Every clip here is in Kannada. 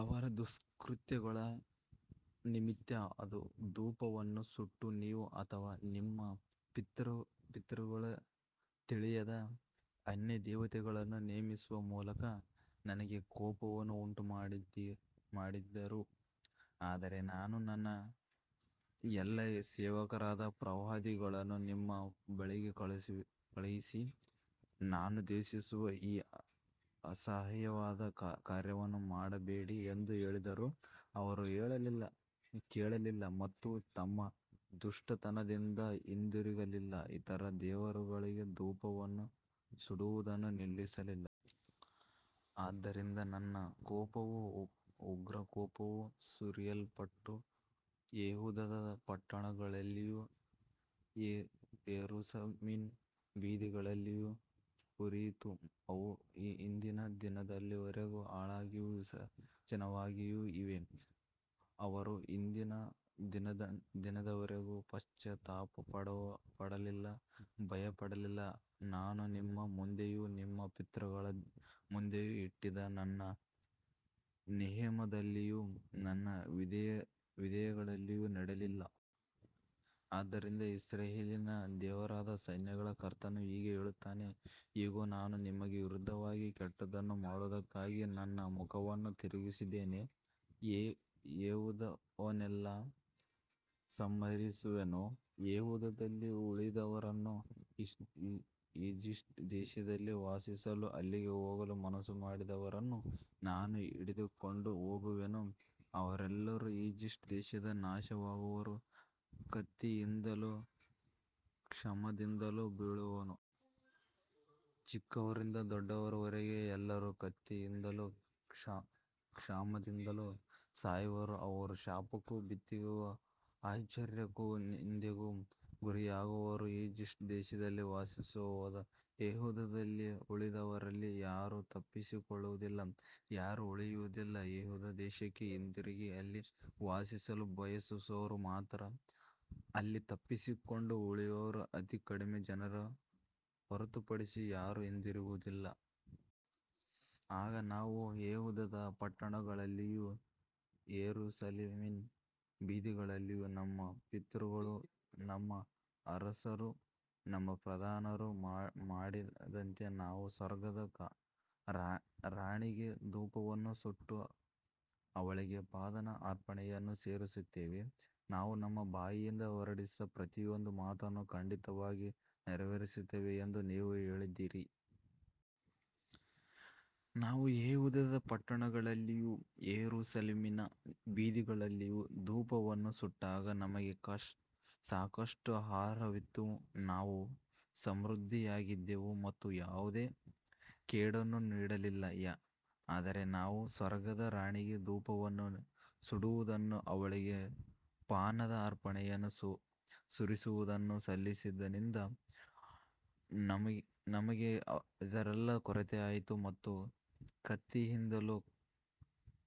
ಅವರ ದುಷ್ಕೃತ್ಯಗಳ ನಿಮಿತ್ತ ಅವರು ಧೂಪವನ್ನು ಸುಟ್ಟು, ನೀವು ಅಥವಾ ನಿಮ್ಮ ಪಿತೃಗಳು ತಿಳಿಯದ ಅನ್ಯದೇವತೆಗಳನ್ನು ಸೇವಿಸುವ ಮೂಲಕ ನನಗೆ ಕೋಪವನ್ನು ಉಂಟುಮಾಡಿದರು. ಆದರೆ ನಾನು ನನ್ನ ಎಲ್ಲಾ ಸೇವಕರಾದ ಪ್ರವಾದಿಗಳನ್ನು ನಿಮ್ಮ ಬಳಿಗೆ ಕಳುಹಿಸಿ, ನಾನು ದ್ವೇಷಿಸುವ ಈ ಅಸಹ್ಯವಾದ ಕಾರ್ಯವನ್ನು ಮಾಡಬೇಡಿ ಎಂದು ಹೇಳಿದ್ದರೂ ಅವರು ಕೇಳಲಿಲ್ಲ ಮತ್ತು ತಮ್ಮ ದುಷ್ಟತನದಿಂದ ಹಿಂದಿರುಗಲಿಲ್ಲ, ಇತರ ದೇವರುಗಳಿಗೆ ಧೂಪವನ್ನು ಸುಡುವುದನ್ನು ನಿಲ್ಲಿಸಲಿಲ್ಲ. ಆದ್ದರಿಂದ ನನ್ನ ಕೋಪವೂ ಉಗ್ರಕೋಪವೂ ಸುರಿಸಲ್ಪಟ್ಟು, ಯೆಹೂದದ ಪಟ್ಟಣಗಳಲ್ಲಿಯೂ ಯೆರೂಸಲೇಮಿನ ಬೀದಿಗಳಲ್ಲಿಯೂ ಉರಿಯಿತು, ಅವು ಇಂದಿನ ದಿನದವರೆಗೂ ಹಾಳಾಗಿಯೂ ನಿರ್ಜನವಾಗಿಯೂ ಇವೆ. ಅವರು ಇಂದಿನ ದಿನದವರೆಗೂ ಪಶ್ಚಾತ್ತಾಪಪಡಲಿಲ್ಲ, ಭಯಪಡಲಿಲ್ಲ, ನಾನು ನಿಮ್ಮ ಮುಂದೆಯೂ ನಿಮ್ಮ ಪಿತೃಗಳ ಮುಂದೆಯೂ ಇಟ್ಟಿದ್ದ ನನ್ನ ನಿಯಮದಲ್ಲಿಯೂ ನನ್ನ ವಿಧಿಗಳಲ್ಲಿಯೂ ನಡೆಯಲಿಲ್ಲ. ಆದ್ದರಿಂದ ಇಸ್ರಾಯೇಲಿನ ದೇವರಾದ ಸೈನ್ಯಗಳ ಕರ್ತನು ಹೀಗೆ ಹೇಳುತ್ತಾನೆ, ಇಗೋ, ನಾನು ನಿಮಗೆ ವಿರುದ್ಧವಾಗಿ ಕೆಟ್ಟದ್ದನ್ನು ಮಾಡುವುದಕ್ಕಾಗಿ ನನ್ನ ಮುಖವನ್ನು ತಿರುಗಿಸಿದ್ದೇನೆ, ಯೆಹೂದವನ್ನೆಲ್ಲಾ ಸಂಹರಿಸುವೆನು. ಯೆಹೂದದಲ್ಲಿ ಉಳಿದವರನ್ನು, ಈಜಿಪ್ಟ್ ದೇಶದಲ್ಲಿ ವಾಸಿಸಲು ಅಲ್ಲಿಗೆ ಹೋಗಲು ಮನಸ್ಸು ಮಾಡಿದವರನ್ನು, ನಾನು ಹಿಡಿದುಕೊಂಡು ಹೋಗುವೆನು, ಅವರೆಲ್ಲರೂ ಈಜಿಪ್ಟ್ ದೇಶದಲ್ಲಿ ನಾಶವಾಗುವರು, ಕತ್ತಿಯಿಂದಲೂ ಕ್ಷಾಮದಿಂದಲೂ ಬೀಳುವರು. ಚಿಕ್ಕವರಿಂದ ದೊಡ್ಡವರವರೆಗೆ ಎಲ್ಲರೂ ಕತ್ತಿಯಿಂದಲೂ ಕ್ಷಾಮದಿಂದಲೂ ಸಾಯುವರು, ಅವರು ಶಾಪಕ್ಕೂ ಭೀತಿಗೂ ಆಶ್ಚರ್ಯಕ್ಕೂ ನಿಂದೆಗೂ ಗುರಿಯಾಗುವರು. ಈಜಿಪ್ಟ್ ದೇಶದಲ್ಲಿ ವಾಸಿಸಲು ಹೋದ ಯೆಹೂದದಲ್ಲಿ ಉಳಿದವರಲ್ಲಿ ಯಾರೂ ತಪ್ಪಿಸಿಕೊಳ್ಳುವುದಿಲ್ಲ, ಯಾರೂ ಉಳಿಯುವುದಿಲ್ಲ, ಯೆಹೂದ ದೇಶಕ್ಕೆ ಹಿಂದಿರುಗಿ ಅಲ್ಲಿ ವಾಸಿಸಲು ಬಯಸುವವರು ಮಾತ್ರ, ಅಲ್ಲಿ ತಪ್ಪಿಸಿಕೊಂಡು ಉಳಿಯುವ ಅತಿ ಕಡಿಮೆ ಜನರನ್ನು ಹೊರತುಪಡಿಸಿ ಯಾರೂ ಹಿಂದಿರುಗುವುದಿಲ್ಲ. ಆಗ ನಾವು ಯೆಹೂದದ ಪಟ್ಟಣಗಳಲ್ಲಿಯೂ ಯೆರೂಸಲೇಮಿನ ಬೀದಿಗಳಲ್ಲಿಯೂ, ನಮ್ಮ ಪಿತೃಗಳೂ ನಮ್ಮ ಅರಸರೂ ನಮ್ಮ ಪ್ರಧಾನರೂ ಮಾಡಿದಂತೆ, ನಾವು ಸ್ವರ್ಗದ ರಾಣಿಗೆ ಧೂಪವನ್ನು ಸುಟ್ಟು, ಅವಳಿಗೆ ಪಾನದ ಅರ್ಪಣೆಗಳನ್ನು ಸುರಿಯುತ್ತೇವೆ, ನಾವು ನಮ್ಮ ಬಾಯಿಂದ ಹೊರಡಿಸಿದ ಪ್ರತಿಯೊಂದು ಮಾತನ್ನೂ ಖಂಡಿತವಾಗಿ ನೆರವೇರಿಸುತ್ತೇವೆ ಎಂದು ನೀವು ಹೇಳಿದ್ದೀರಿ. ನಾವು ಯೆಹೂದದ ಪಟ್ಟಣಗಳಲ್ಲಿಯೂ ಯೆರೂಸಲೇಮಿನ ಬೀದಿಗಳಲ್ಲಿಯೂ ಧೂಪವನ್ನು ಸುಟ್ಟಾಗ ನಮಗೆ ಸಾಕಷ್ಟು ಆಹಾರವಿತ್ತು, ನಾವು ಸಮೃದ್ಧಿಯಾಗಿದ್ದೆವು ಮತ್ತು ಯಾವುದೇ ಕೇಡನ್ನು ನೋಡಲಿಲ್ಲ. ಆದರೆ ನಾವು ಸ್ವರ್ಗದ ರಾಣಿಗೆ ಧೂಪವನ್ನು ಸುಡುವುದನ್ನೂ ಅವಳಿಗೆ ಪಾನದ ಅರ್ಪಣೆಗಳನ್ನು ಸುರಿಸುವುದನ್ನೂ ನಿಲ್ಲಿಸಿದಂದಿನಿಂದ ನಮಗೆ ಎಲ್ಲದರ ಕೊರತೆಯಾಯಿತು ಮತ್ತು ಕತ್ತಿಯಿಂದಲೂ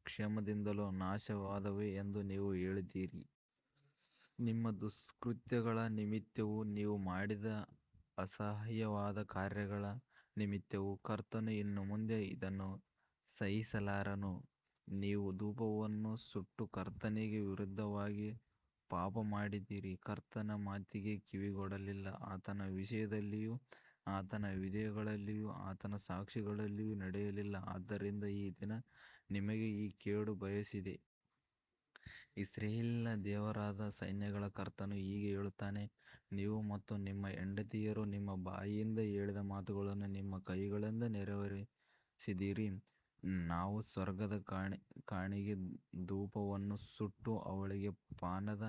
ಕ್ಷಾಮದಿಂದಲೂ ನಾಶವಾದೆವು ಎಂದು ನೀವು ಹೇಳಿದ್ದೀರಿ. ನಿಮ್ಮ ದುಷ್ಕೃತ್ಯಗಳ ನಿಮಿತ್ತವೂ ನೀವು ಮಾಡಿದ ಅಸಹ್ಯವಾದ ಕಾರ್ಯಗಳ ನಿಮಿತ್ತವೂ ಕರ್ತನು ಇನ್ನು ಮುಂದೆ ಅದನ್ನು ಸಹಿಸಲಾರನು. ನೀವು ಧೂಪವನ್ನು ಸುಟ್ಟು ಕರ್ತನಿಗೆ ವಿರುದ್ಧವಾಗಿ ಪಾಪಮಾಡಿದ್ದೀರಿ, ಕರ್ತನ ಮಾತಿಗೆ ಕಿವಿಗೊಡಲಿಲ್ಲ, ಆತನ ನಿಯಮದಲ್ಲಿಯೂ ಆತನ ವಿಧಿಗಳಲ್ಲಿಯೂ ಆತನ ಸಾಕ್ಷಿಗಳಲ್ಲಿಯೂ ನಡೆಯಲಿಲ್ಲ, ಆದ್ದರಿಂದ ಈ ದಿನ ನಿಮಗೆ ಈ ಕೇಡು ಸಂಭವಿಸಿದೆ. ಇಸ್ರಾಯೇಲಿನ ದೇವರಾದ ಸೈನ್ಯಗಳ ಕರ್ತನು ಹೀಗೆ ಹೇಳುತ್ತಾನೆ, ನೀವು ಮತ್ತು ನಿಮ್ಮ ಹೆಂಡತಿಯರು ನಿಮ್ಮ ಬಾಯಿಂದ ಹೇಳಿದ ಮಾತುಗಳನ್ನು ನಿಮ್ಮ ಕೈಗಳಿಂದ ನೆರವೇರಿಸಿದ್ದೀರಿ, ನಾವು ಸ್ವರ್ಗದ ರಾಣಿಗೆ ಧೂಪವನ್ನು ಸುಟ್ಟು, ಅವಳಿಗೆ ಪಾನದ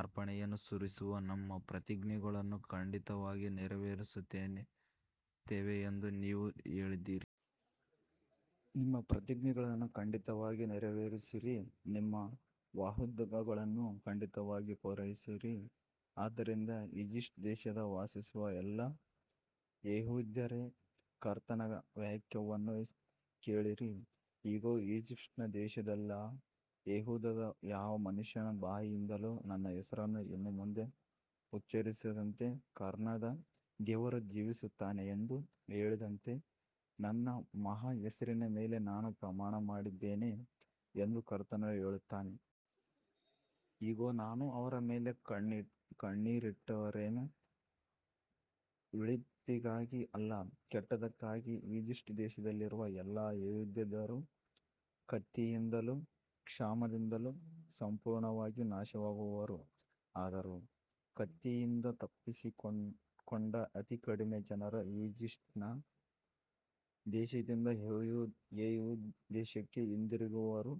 ಅರ್ಪಣೆಗಳನ್ನು ಸುರಿಸುವ ನಮ್ಮ ಪ್ರತಿಜ್ಞೆಗಳನ್ನು ಖಂಡಿತವಾಗಿ ನೆರವೇರಿಸುತ್ತೇವೆ ಎಂದು ನೀವು ಹೇಳಿದ್ದೀರಿ. ನಿಮ್ಮ ಪ್ರತಿಜ್ಞೆಗಳನ್ನು ಖಂಡಿತವಾಗಿ ನೆರವೇರಿಸಿರಿ, ನಿಮ್ಮ ವಾಗ್ದಾನಗಳನ್ನು ಖಂಡಿತವಾಗಿ ಪೂರೈಸಿರಿ. ಆದ್ದರಿಂದ ಈಜಿಪ್ಟ್ ದೇಶದಲ್ಲಿ ವಾಸಿಸುವ ಎಲ್ಲಾ ಯೆಹೂದ್ಯರೇ, ಕರ್ತನ ವಾಕ್ಯವನ್ನು ಕೇಳಿರಿ. ಇಗೋ, ಈಜಿಪ್ಟ್ ದೇಶದಲ್ಲೆಲ್ಲಾ ಯೆಹೂದದ ಯಾವ ಮನುಷ್ಯನ ಬಾಯಿಂದಲೂ ನನ್ನ ಹೆಸರನ್ನು ಇನ್ನು ಮುಂದೆ ಉಚ್ಚರಿಸದಂತೆ, ಕರ್ತನಾದ ದೇವರು ಜೀವಿಸುತ್ತಾನೆ ಎಂದು ಹೇಳದಂತೆ, ನನ್ನ ಮಹಾ ಹೆಸರಿನ ಮೇಲೆ ನಾನು ಪ್ರಮಾಣಮಾಡಿದ್ದೇನೆ ಎಂದು ಕರ್ತನು ಹೇಳುತ್ತಾನೆ. ಇಗೋ, ನಾನು ಅವರ ಮೇಲೆ ಕಣ್ಣಿಟ್ಟಿರುವೆನು, ಒಳಿತಿಗಾಗಿ ಅಲ್ಲ, ಕೆಟ್ಟದ್ದಕ್ಕಾಗಿ, ಈಜಿಪ್ಟ್ ದೇಶದಲ್ಲಿರುವ ಎಲ್ಲಾ ಯೆಹೂದ್ಯರು ಕತ್ತಿಯಿಂದಲೂ ಕ್ಷಾಮದಿಂದಲೂ ಸಂಪೂರ್ಣವಾಗಿ ನಾಶವಾಗುವರು. ಆದರೂ ಕತ್ತಿಯಿಂದ ತಪ್ಪಿಸಿಕೊಂಡ ಅತಿ ಕಡಿಮೆ ಜನರು ಈಜಿಪ್ಟ್ ದೇಶದಿಂದ ಯೆಹೂದ ದೇಶಕ್ಕೆ ಹಿಂದಿರುಗುವರು.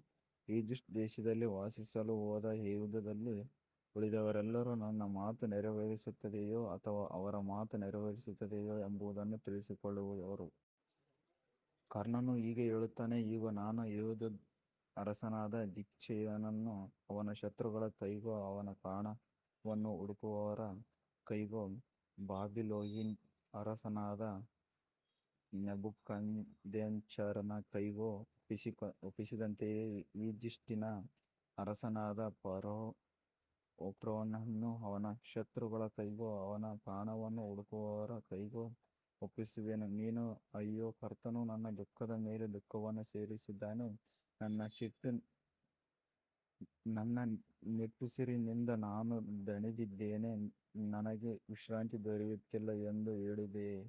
ಈಜಿಪ್ಟ್ ದೇಶದಲ್ಲಿ ವಾಸಿಸಲು ಹೋದ ಯೆಹೂದದಲ್ಲಿ ಉಳಿದವರೆಲ್ಲರೂ ನನ್ನ ಮಾತು ನೆರವೇರುತ್ತದೆಯೋ ಅಥವಾ ಅವರ ಮಾತು ನೆರವೇರುತ್ತದೆಯೋ ಎಂಬುದನ್ನು ತಿಳಿದುಕೊಳ್ಳುವರು. ಕರ್ತನು ಹೀಗೆ ಹೇಳುತ್ತಾನೆ, ಇಗೋ, ನಾನು ಯೆಹೂದದ ಅರಸನಾದ ಚಿದ್ಕೀಯನನ್ನು ಅವನ ಶತ್ರುಗಳ ಕೈಗೂ ಅವನ ಪ್ರಾಣವನ್ನು ಹುಡುಕುವವರ ಕೈಗೂ, ಬಾಬಿಲೋನಿನ ಅರಸನಾದ ನೆಬೂಕದ್ನೆಚ್ಚರನ ಕೈಗೂ ಒಪ್ಪಿಸಿದಂತೆಯೇ, ಈಜಿಪ್ಟಿನ ಅರಸನಾದ ಫರೋಹ್ ಹೋಫ್ರನನ್ನೂ ಅವನ ಶತ್ರುಗಳ ಕೈಗೂ ಅವನ ಪ್ರಾಣವನ್ನು ಹುಡುಕುವವರ ಕೈಗೂ ಒಪ್ಪಿಸುವೆನು. ನೀನು, ಅಯ್ಯೋ, ಕರ್ತನು ನನ್ನ ದುಃಖದ ಮೇಲೆ ದುಃಖವನ್ನು ಸೇರಿಸಿದ್ದಾನೆ, ನನ್ನ ನಿಟ್ಟುಸಿರಿನಿಂದ ನಾನು ದಣಿದಿದ್ದೇನೆ, ನನಗೆ ವಿಶ್ರಾಂತಿ ದೊರೆಯುತ್ತಿಲ್ಲ ಎಂದು ಹೇಳಿದ್ದೀಯೆ.